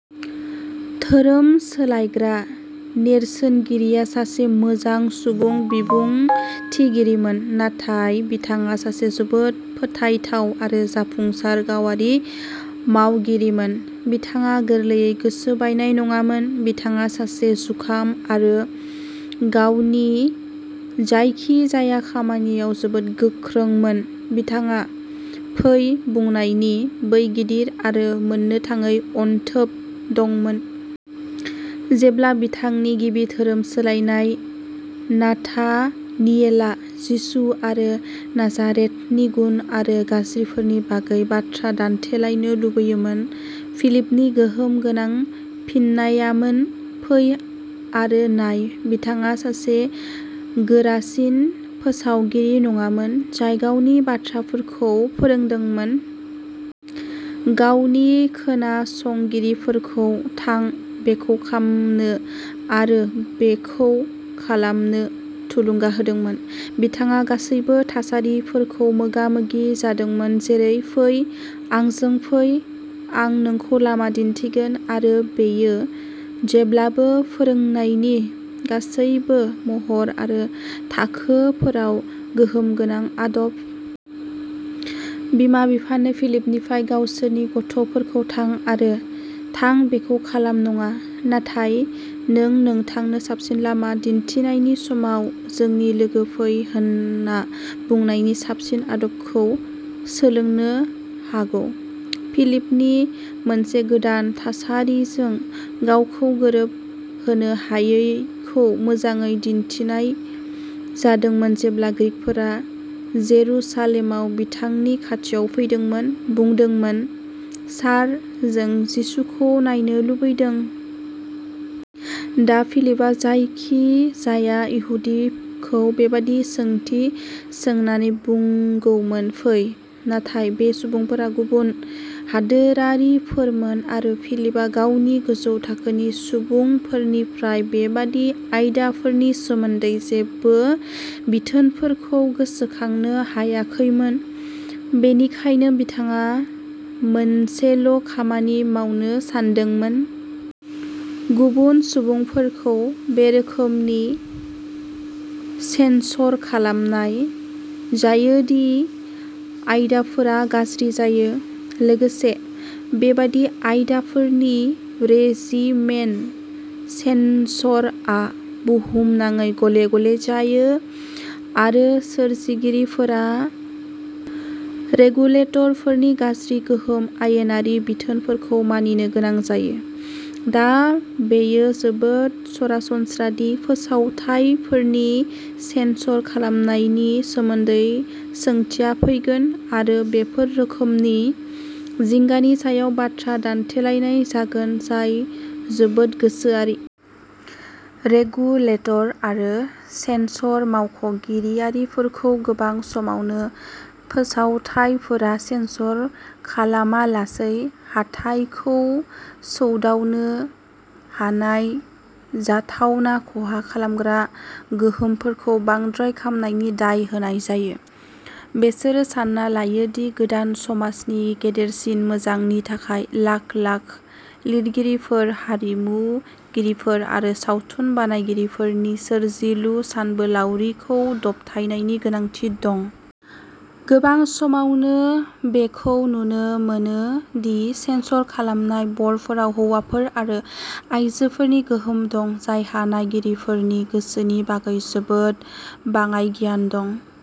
धोरोम सोलायग्रा नेर्सोनगिरिआ सासे मोजां सुबुं बिबुंथिगिरिमोन, नाथाय बिथाङा सासे जोबोद फोथायथाव आरो जाफुंसार गावारि मावगिरिमोन। बिथाङा गोरलैयै गोसो बायनाय नङामोन; बिथाङा सासे जुखाम आरो गावनि जायखिजाया हाबायाव जोबोद गोख्रोंमोन। बिथांहा "फै" बुंनायनि बै गिदिर आरो मोननो थाङै अनथोब दंमोन। जेब्ला बिथांनि गिबि धोरोम सोलायनाय, नाथानियेलआ, जिसु आरो नाजारेथनि गुन आरो गाज्रिफोरनि बागै बाथ्रा दान्थेलायनो लुगैयोमोन, फिलिपनि गोहोम गोनां फिननायामोन, "फै आरो नाय। " बिथाङा सासे गोरासिन फोसावगिरि नङामोन, जाय गावनि बाथ्राफोरखौ फोरोंदोंमोन। गावनि खोनासंगिरिफोरखौ "थां"-बेखौ खालामनो आरो बेखौ खालामनो थुलुंगा होदोंमोन। बिथाङा गासैबो थासारिफोरखौ मोगा-मोगि जादोंमोन, जेरै "फै"-"आंजों फै; आं नोंखौ लामा दिन्थिगोन। " आरो बेयो जेब्लाबो फोरोंनायनि गासैबो महर आरो थाखोफोराव गोहोम गोनां आदब। बिमा-बिफाबो फिलिपनिफ्राय गावसोरनि गथ'फोरखौ "थां आरो थां बेखौ खालाम" नङा, नाथाय "जों नोंथांनो साबसिन लामा दिन्थिनायनि समाव जोंनि लोगो फै" होनना बुंनायनि साबसिन आदबखौ सोलोंनो हागौ। फिलिपनि मोनसे गोदान थासारिजों गावखौ गोरोबहोनो हायैखौ मोजाङै दिन्थिनाय जादोंमोन जेब्ला ग्रीकफोरा जेरुसालेमाव बिथांनि खाथियाव फैदोंमोन, बुंदोंमोनः "सार, जों जिसुखौ नायनो लुबैदों। " दा फिलिपआ जायखिजाया इहुदिखौ बेबादि सोंथि सोंनानै बुंगौमोन, "फै। " नाथाय बे सुबुंफोरा गुबुन हादोरारिफोरमोन, आरो फिलिपआ गावनि गोजौ थाखोनि सुबुंफोरनिफ्राय बेबादि आयदाफोरनि सोमोन्दै जेबो बिथोनफोरखौ गोसोखांनो हायाखैमोन; बेनिखायनो बिथाङा मोनसेल'खामानि मावनो सानदोंमोन। गुबुन सुबुंफोरखौ बे रोखोमनि सेन्सर खालामनाय जायो दि आयदाफोरा गाज्रि जायो। लोगोसे, बेबादि आयदाफोरनि रेजिमेन सेन्सरआ बुहुमनाङै गले-गले जायो आरो सोरजिगिरिफोरा रेगुलेटरफोरनि गाज्रि, गोजाम आयेनारि बिथोनफोरखौ मानिनो गोनां जायो। दा, बेयो जोबोद सरासनस्रा दि फोसावथाइफोरनि सेन्सर खालामनायनि सोमोन्दै सोंथिया फैगोन आरो बेफोर रोखोमनि जिंगानि सायाव बाथ्रा दान्थेलायनाय जागोन जाय जोबोद गोसोआरि। रेगुलेटर आरो सेन्सर मावख'आरिफोरखौ गोबां समावनो फोसावथाइफोरा सेन्सर खालामालासै हाथाइखौ सौदावनो हानाय जाथावना खहा खालामग्रा गोहोमफोरखौ बांद्राय खालामनायनि दाय होनाय जायो। बिसोरो सानना लायो दि गोदान समाजनि गेदेरसिन मोजांनि थाखाय लाख-लाख लिरगिरिफोर, आरिमुगिरिफोर आरो सावथुन बानायगिरिफोरनि सोरजिलु सानबोलावरिखौ दबथायनायनि गोनांथि दं। गोबां समावनो, बेखौ नुनो मोनो दि सेन्सर खालामनाय बर्डफोराव हौवाफोर आरो आयजोफोरनि गोहोम दं, जायहा नायगिरिफोरनि गोसोनि बागै जोबोद बाङाइ गियान दं।